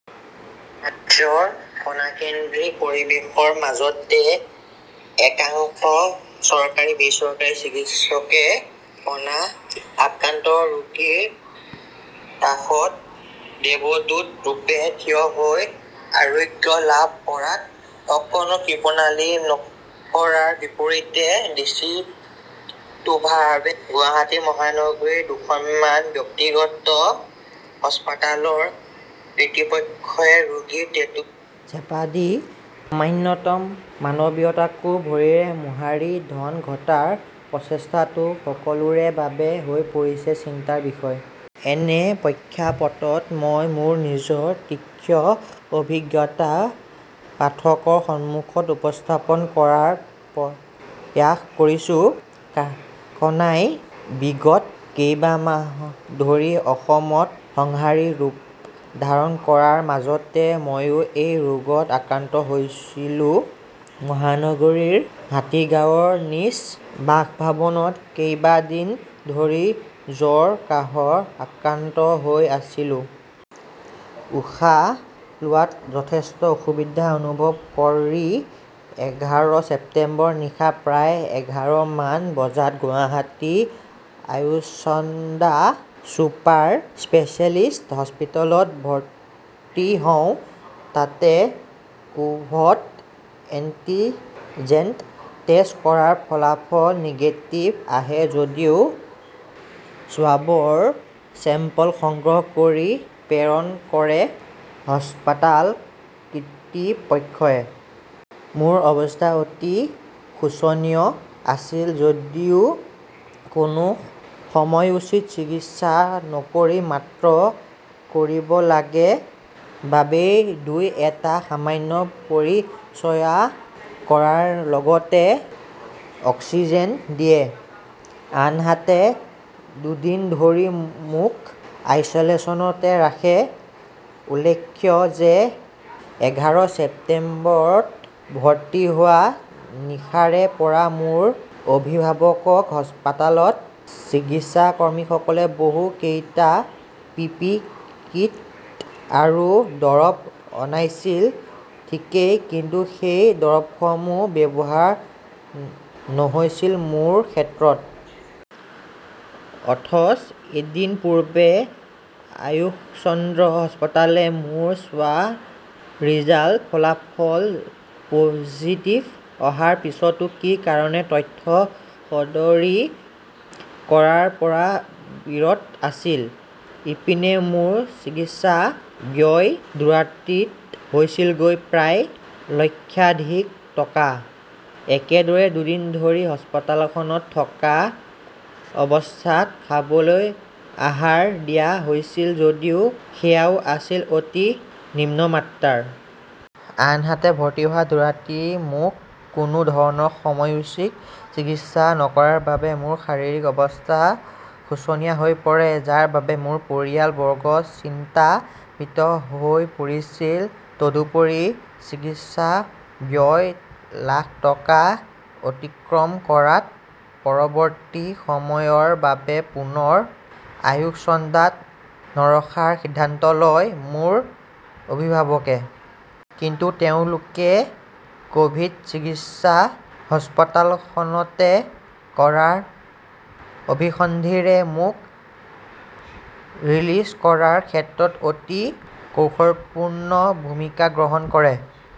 ৰাজ্যৰ কণাকেন্দ্ৰিক পৰিবেশৰ মাজতে একাংশ চৰকাৰী-বেচৰকাৰী চিকিৎসকে কণা আক্ৰান্ত ৰোগীৰ কাষত দেৱদূত ৰূপে থিয় হৈ আৰোগ্য লাভ কৰাত অকণো কৃপনালি নকৰাৰ বিপৰীতে দূষ্টিটুভাৱে গুৱাহাটী মহানগৰীৰ দুখনমান ব্যক্তিগত হাস্পতালৰ কৃতৃপক্ষই ৰোগীক টেটুচেপা দি সামান্যতম মানৱীয়তাকো ভৰিৰে মোহাৰি ধন ঘটাৰ প্ৰচেষ্টাটো সকলোৰে বাবে হৈ পৰিছে চিন্তাৰ বিষয়। এনে প্ৰেক্ষাপটত মই মোৰ নিজৰ তিক্ত অভিজ্ঞতা পাঠকৰ সন্মুখত উপস্থাপন কৰাৰ প্ৰয়াস কৰিছো। কণাই বিগত কেইবামাহ ধৰি অসমত সংহাৰী ৰূপ ধাৰণ কৰাৰ মাজতে মইও এই ৰোগত আক্ৰান্ত হৈছিলো। মহানগৰীৰ হাতীগাঁৱৰ নিজ বাসভৱনত কেইবাদিন ধৰি জ্বৰ কাঁহত আক্ৰান্ত হৈ আছিলো। উশাহ লোৱাত যথেষ্ট অসুবিধা অনুভৱ কৰি এঘাৰ ছেপ্তেম্বৰ নিশা প্ৰায় এঘাৰ মান বজাত গুৱাহাটী আয়ুচন্দ্ৰা চুপাৰ স্পেছিয়েলিস্ট হাস্পতালত ভৰ্তি হওঁ। তাতে কোভড এন্টিজেন্ট টেষ্ট কৰাত ফলাফল নিগেটিভ আহে যদিও স্বাৱৰ চেম্পল সংগ্ৰহ কৰি প্ৰেৰণ কৰে হাস্পতাল কিতৃপক্ষই। মোৰ অৱস্থা অতি শোচনীয় আছিল যদিও কোনো সময়োচিত চিকিৎসা নকৰি মাত্ৰ কৰিব লাগে বাবেই দুই এটা সামান্য পৰিচয়া কৰাৰ লগতে অক্সিজেন দিয়ে। আনহাতে দুদিন ধৰি মোক আইচলেশ্যনতে ৰাখে। উল্লেখ্য যে এঘাৰ ছেপ্তেম্বৰত ভৰ্তি হোৱাৰ নিশাৰে পৰা মোৰ অভিভাৱকক হাস্পতালৰ চিকিৎসাকৰ্মীয়ে বহু কেইটা পি পি কিট আৰু দৰৱ অনাইছিল ঠিকেই, কিন্তু সেই দৰৱসমূহ ব্যৱহাৰ নহৈছিল মোৰ ক্ষেত্ৰত। অথচ এদিন পূৰ্বে আয়ুসচন্দ্ৰ হাস্পতালে মোৰ স্বা ৰিজাল্ট ফলাফল পজিটিভ অহাৰ পিছতো কি কাৰনে তথ্য সদৰি কৰাৰ পৰা বিৰত আছিল? ইপিনে মোৰ চিকিৎসা ব্যয় দুৰাতিত হৈছিলগৈ প্ৰায় লক্ষাধিক টকা। একেদৰে দুদিন ধৰি হাস্পতালখনত থকা অৱস্থাত খাবলৈ আহাৰ দিয়া হৈছিল যদিও সেয়াও আছিল অতি নিম্নমাত্ৰাৰ। আনহাতে ভৰ্তি হোৱাৰ দুৰাতি মোক কোনো ধৰণৰ সময়োচিত চিকিৎসা নকৰাৰ বাবে মোৰ শাৰিৰীক অৱস্থা শোচনীয় হৈ পৰে। যাৰ বাবে মোৰ পৰিয়াল বৰ্গ চিন্তাম্বিত হৈ পৰিছিল। তদুপৰি চিকিৎসা ব্যয় লাখ টকা অতিক্ৰম কৰাত পৰৱতী সময়ৰ বাবে পুনৰ আয়ুসচন্দ্ৰাত নৰখাৰ সিদ্ধান্ত লয়, মোৰ অভিভাৱকে। কিন্তু তেওঁলোকে কোভিড চিকিৎসা হাস্পতালখনতে কৰাৰ অভিসন্ধিৰে মোক ৰিলিজ কৰাৰ ক্ষেত্ৰত অতি কৌশলপূৰ্ণ ভূমিকা গ্ৰহণ কৰে।